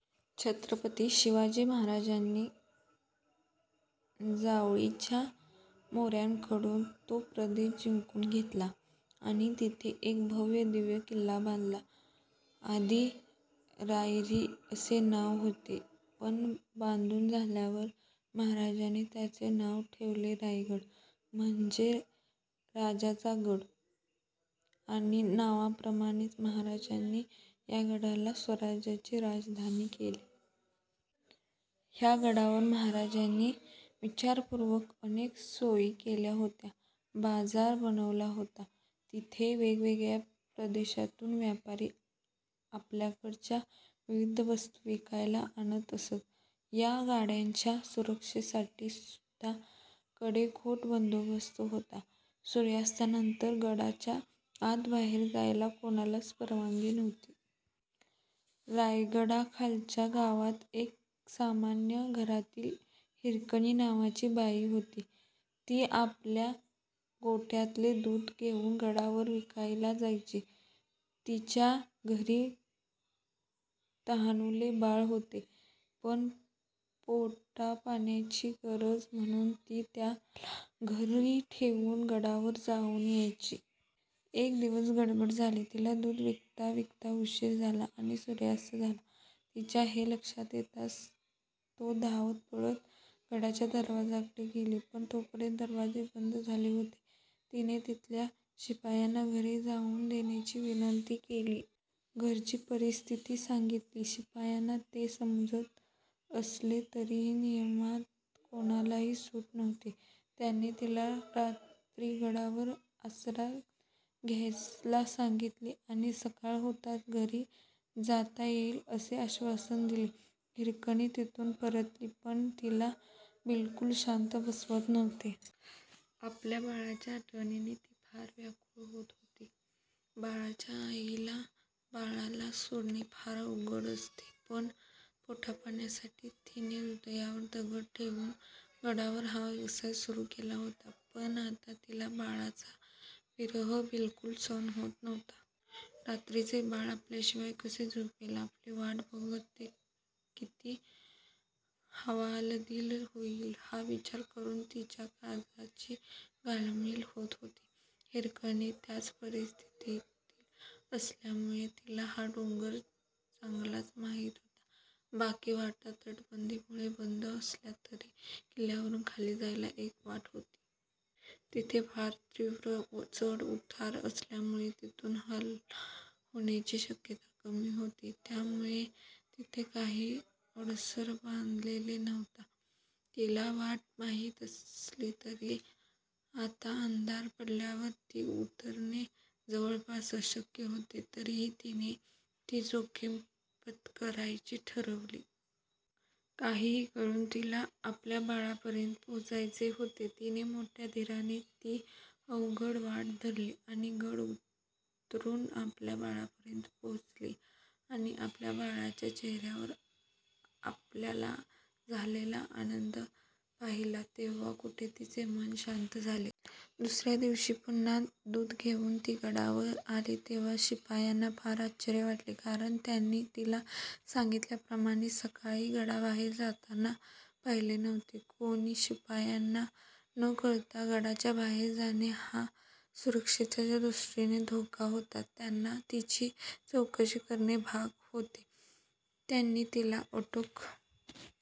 छत्रपती शिवाजी महाराजांनी जावळीच्या मोऱ्यांकडून तो प्रदेश जिंकुन घेतला आणि तिथे एक भव्य दिव्य किल्ला बांधला. आधी रायरी असे नाव होते, पण बांधुन झाल्यावर महाराजांनी त्याचे नाव ठेवले रायगड. म्हणजे राजाचा गड आणि नावाप्रमाणेच महाराजांनी या गडाला स्वराज्याची राजधानी केले. ह्या गडावर महाराजांनी विचारपुर्वक अनेक सोयी केल्या होत्या. बाजार बनवला होता. तिथे वेगवेगळ्या प्रदेशातून व्यापारी आपल्याकडच्या विविध वस्तु विकायला आणत असत. या गडाच्या सुरक्षेसाठी सुद्धा कडेकोट बंदोबस्त होता. सूर्यास्तानंतर गडाच्या आत बाहेर जायला कोणालाच परवानगी नव्हती. रायगडाखालच्या गावात एक सामान्य घरातली हिरकणी नावाची बाई होती. ती आपल्या गोठ्यातले दुध घेऊन गडावर विकायला जायची. तिच्या घरी तान्हुले बाळ होते, पण पोटापाण्याची गरज म्हणुन ती त्याला घरी ठेवुन गडावर जाऊन यायची. एक दिवस गडबड झाली. तिला दुध विकता विकता उशीर झाला आणि सूर्यास्त झाला. तिच्या हे लक्षात येताच तो धावत पळत गडाच्या दरवाजाकडे गेली. पण तोपर्यंत दरवाजे बंद झाले होते. तिने तिथल्या शिपायांना घरी जाऊन देण्याची विनंती केली. घरची परिस्थिती सांगितली. शिपायांना ते समजत असले तरीही नियमात कोणालाही सुट नव्हती. त्यांनी तिला रात्री गडावरच आसरा घ्यायला सांगितले आणि सकाळ होताच घरी जाता येईल असे आश्वासन दिले. हिरकणी तिथुन परतली पण तिला बिलकुल शांत बसवत नव्हते. आपल्या बाळाच्या आठवणीने ती फार व्याकुळ होत होती. बाळाच्या आईला बाळाला सोडणे फार अवघड असते पण पोटापाण्यासाठी तिने हृदयावर दगड ठेवुन गडावर हा व्यवसाय सुरु केला होता. पण आता तिला बाळाचा विरह बिलकुल सहन होत नव्हता. रात्रीचे बाळ आपल्याशिवाय कसे झोपेल, आपली वाट बघत ते किती हवालदिल होईल हा विचार करून तिच्या काळजाची घालमेल होत होती. हिरकणी त्याच परिसरातली असल्यामुळे तिला तो डोंगर चांगलाच माहित होता. बाकी वाटा तटबंदीमुळे बंद असल्या तरी किल्ल्यावरून खाली जायला एक वाट होती. तिथे फार तीव्र चढ उतार असल्यामुळे तिथुन हल्ला होण्याची शक्यता कमी होती त्यामुळे तिथे काही अडसर बांधलेला नव्हता. तिला वाट माहित असली तरी आता अंधार पडल्यावर ती उतरणे जवळपास अशक्य होते. तरीही तिने ती जोखीम पत्करायची ठरवले. काहीही करून तिला आपल्या बाळापर्यंत पोहचायचे होते. तिने मोठ्या धीराने ती अवघड वाट धरली आणि गड उतरून आपल्या बाळापर्यंत पोहोचली आणि आपल्या बाळाच्या चेहऱ्यावर आपल्याला झालेला आनंद पाहिला तेव्हा कुठे तिचे मन शांत झाले. दुसऱ्या दिवशी पुन्हा दूध घेऊन ती गडावर आली तेव्हा शिपायांना फार आश्चर्य वाटले. कारण त्यांनी तिला सांगितल्याप्रमाणे सकाळी गडाबाहेर जाताना पाहिले नव्हते. कोणी शिपायांना न कळता गडाच्या बाहेर जाणे हा सुरक्षेच्या दृष्टीने धोका होता. त्यांना तिची चौकशी करणे भाग होते. त्यांनी तिला अटक